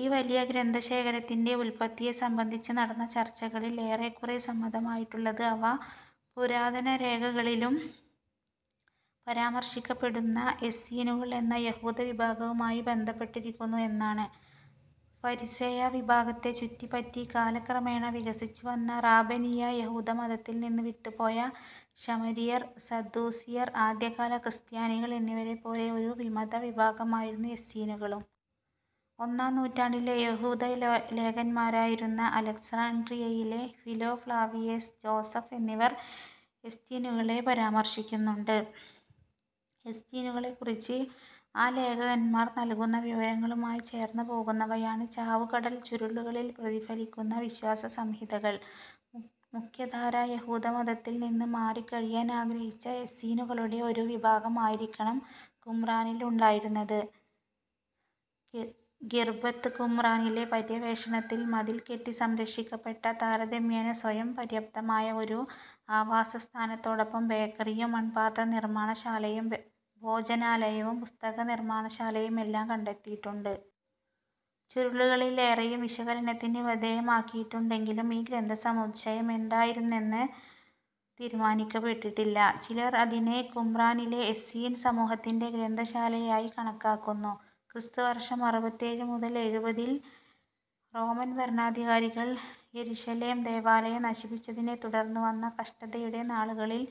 ഈ വലിയ ഗ്രന്ഥശേഖരത്തിൻ്റെ ഉല്പത്തിയെ സംബന്ധിച്ച് നടന്ന ചർച്ചകളിൽ ഏറെക്കുറെ സമ്മതമായിട്ടുള്ളത് അവ, പല പുരാതനരേഖകളിലും പരാമർശിക്കപ്പെടുന്ന എസ്സീനുകൾ എന്ന യഹൂദവിഭാഗവുമായി ബന്ധപ്പെട്ടിരിക്കുന്നു എന്നാണ്. ഫരിസേയവിഭാഗത്തെ ചുറ്റിപ്പറ്റി കാലക്രമേണ വികസിച്ചുവന്ന റാബൈനിക യഹൂദമതത്തിൽ നിന്ന് വിട്ടുപോയ ശമരിയർ, സദ്ദൂസിയർ, ആദ്യകാല ക്രിസ്ത്യാനികൾ എന്നിവരെപ്പോലെ ഒരു വിമതവിഭാഗമായിരുന്നു എസ്സീനുകളും. ഒന്നാം നൂറ്റാണ്ടിലെ യഹൂദലേഖകന്മാരായിരുന്ന അലക്സാണ്ഡ്രിയയിലെ ഫിലോ, ഫ്ലാവിയസ് ജോസഫ് എന്നിവർ എസ്സീനുകളെ പരാമർശിക്കുന്നുണ്ട്. എസ്സീനുകളെക്കുറിച്ച് ആ ലേഖകന്മാർ നൽകുന്ന വിവരങ്ങളുമായി ചേർന്നു പോകുന്നവയാണ് ചാവുകടൽ ചുരുളുകളിൽ പ്രതിഫലിക്കുന്ന വിശ്വാസസംഹിതകൾ. മുഖ്യധാരാ യഹൂദമതത്തിൽ നിന്ന് മാറിക്കഴിയാൻ ആഗ്രഹിച്ച എസ്സീനുകളുടെ ഒരു വിഭാഗമായിരിക്കണം കുമ്രാനിൽ ഉണ്ടായിരുന്നത്. ഖിർബത് കുമ്രാനിലെ പര്യവേഷണത്തിൽ, മതിൽ കെട്ടി സംരക്ഷിക്കപ്പെട്ട താരതമ്യേന സ്വയംപര്യാപ്തമായ ഒരു ആവാസസ്ഥാനത്തോടൊപ്പം ബേക്കറിയും, മൺപാത്രനിർമ്മാണശാലയും, ഭോജനാലയവും, പുസ്തകനിർമ്മാണശാലയും എല്ലാം കണ്ടെത്തിയിട്ടുണ്ട്. ചുരുളുകളിൽ ഏറെയും വിശകലനത്തിന് വിധേയമാക്കപ്പെട്ടിട്ടുണ്ടെങ്കിലും ഈ ഗ്രന്ഥസമുച്ചയം എന്തായിരുന്നുവെന്ന് തീരുമാനിക്കാനായിട്ടില്ല. ചിലർ അതിനെ കുമ്രാനിലെ എസ്സീൻ സമൂഹത്തിൻ്റെ ഗ്രന്ഥശാലയായി കണക്കാക്കുന്നു. ക്രിസ്തുവർഷം അറുപത്തേഴ് മുതൽ എഴുപതിൽ റോമൻ ഭരണാധികാരികൾ യെരുശലേം ദേവാലയം നശിപ്പിച്ചതിനെ തുടർന്നു വന്ന കഷ്ടതയുടെ നാളുകളിൽ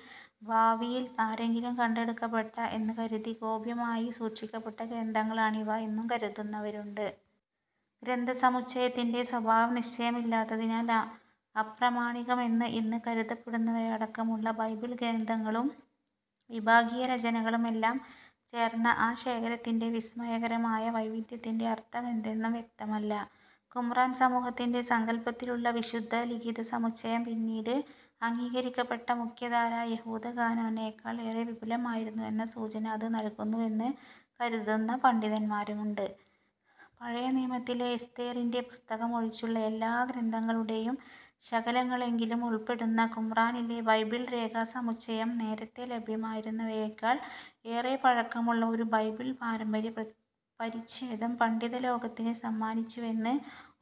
ഭാവിയിൽ ആരെങ്കിലും കണ്ടെടുക്കട്ടെ എന്ന് കരുതി ഗോപ്യമായി സൂക്ഷിക്കപ്പെട്ട ഗ്രന്ഥങ്ങളാണിവ എന്നും കരുതുന്നവരുണ്ട്. ഗ്രന്ഥസമുച്ചയത്തിൻ്റെ സ്വഭാവം നിശ്ചയമില്ലാത്തതിനാൽ, അപ്രമാണികമെന്ന് ഇന്ന് കരുതപ്പെടുന്നവയടക്കമുള്ള ബൈബിൾ ഗ്രന്ഥങ്ങളും വിഭാഗീയരചനകളും എല്ലാം ചേർന്ന ആ ശേഖരത്തിൻ്റെ വിസ്മയകരമായ വൈവിധ്യത്തിൻ്റെ അർത്ഥമെന്തെന്നും വ്യക്തമല്ല. കുമ്രാൻ സമൂഹത്തിൻ്റെ സങ്കൽപ്പത്തിലുള്ള വിശുദ്ധലിഖിതസമുച്ചയം പിന്നീട് അംഗീകരിക്കപ്പെട്ട മുഖ്യധാരാ യഹൂദകാനോനേക്കാൾ ഏറെ വിപുലമായിരുന്നുവെന്ന സൂചന അത് നൽകുന്നുവെന്ന് കരുതുന്ന പണ്ഡിതന്മാരുണ്ട്. പഴയനിയമത്തിലെ എസ്തേറിൻ്റെ പുസ്തകം ഒഴിച്ചുള്ള എല്ലാ ഗ്രന്ഥങ്ങളുടെയും ശകലങ്ങളെങ്കിലും ഉൾപ്പെടുന്ന കുമ്രാനിലെ ബൈബിൾ രേഖാസമുച്ചയം, നേരത്തെ ലഭ്യമായിരുന്നവയെക്കാൾ ഏറെ പഴക്കമുള്ള ഒരു ബൈബിൾ പാരമ്പര്യപരിച്ഛേദം പണ്ഡിതലോകത്തിന് സമ്മാനിച്ചുവെന്ന്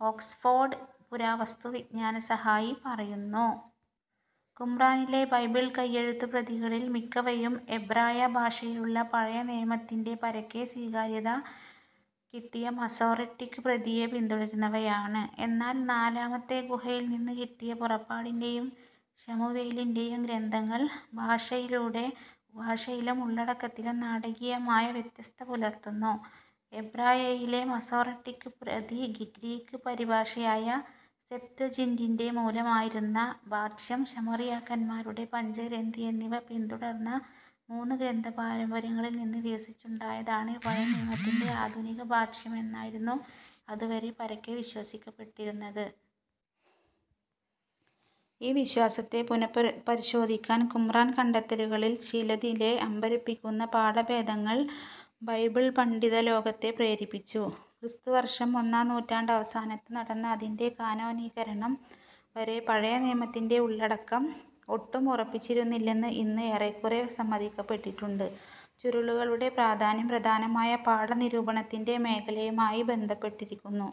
ഓക്സ്ഫോർഡ് പുരാവസ്തുവിജ്ഞാനസഹായി പറയുന്നു. കുമ്രാനിലെ ബൈബിൾ കൈയെഴുത്തുപ്രതികളിൽ മിക്കവയും എബ്രായ ഭാഷയിലുള്ള പഴയനിയമത്തി ൻ്റെ പരക്കെ സ്വീകാര്യത കിട്ടിയ മസോറെട്ടിക്ക് പ്രതിയെ പിന്തുടരുന്നവയാണ്. എന്നാൽ നാലാമത്തെ ഗുഹയിൽ നിന്ന് കിട്ടിയ പുറപ്പാടിൻ്റെയും ശമൂവേലിൻ്റെയും ഗ്രന്ഥങ്ങൾ ഭാഷയിലും ഉള്ളടക്കത്തിലും നാടകീയമായ വ്യത്യസ്തത പുലർത്തുന്നു. എബ്രായയിലെ മസോറട്ടിക്ക് പ്രതി ഗ്രീക്ക് പരിഭാഷയായ സെപ്ത്വജിന്റിൻ്റെ മൂലമായിരുന്ന ഭാഷ്യം ശമറിയാക്കാരുടെ പഞ്ചഗ്രന്ഥി എന്നിവ പിന്തുടർന്ന മൂന്ന് ഗ്രന്ഥപാരമ്പര്യങ്ങളിൽ നിന്ന് വികസിച്ചുണ്ടായതാണ് പഴയനിയമത്തിൻ്റെ ആധുനികഭാഷ്യം എന്നായിരുന്നു അതുവരെ പരക്കെ വിശ്വസിക്കപ്പെട്ടിരുന്നത്. ഈ വിശ്വാസത്തെ പുന പരിശോധിക്കാൻ കുമ്രാൻ കണ്ടെത്തലുകളിൽ ചിലതിലെ അമ്പരപ്പിക്കുന്ന പാഠഭേദങ്ങൾ ബൈബിൾ പണ്ഡിതലോകത്തെ പ്രേരിപ്പിച്ചു. ക്രിസ്തുവർഷം ഒന്നാം നൂറ്റാണ്ടവസാനത്ത് നടന്ന അതിൻ്റെ കാനോനീകരണം വരെ പഴയനിയമത്തിൻ്റെ ഉള്ളടക്കം ഒട്ടും ഉറച്ചിരുന്നില്ലെന്ന് ഇന്ന് ഏറെക്കുറെ സമ്മതിക്കപ്പെട്ടിട്ടുണ്ട്. ചുരുളുകളുടെ പ്രാധാന്യം പ്രധാനമായ പാഠനിരൂപണത്തിൻ്റെ മേഖലയുമായി ബന്ധപ്പെട്ടിരിക്കുന്നു.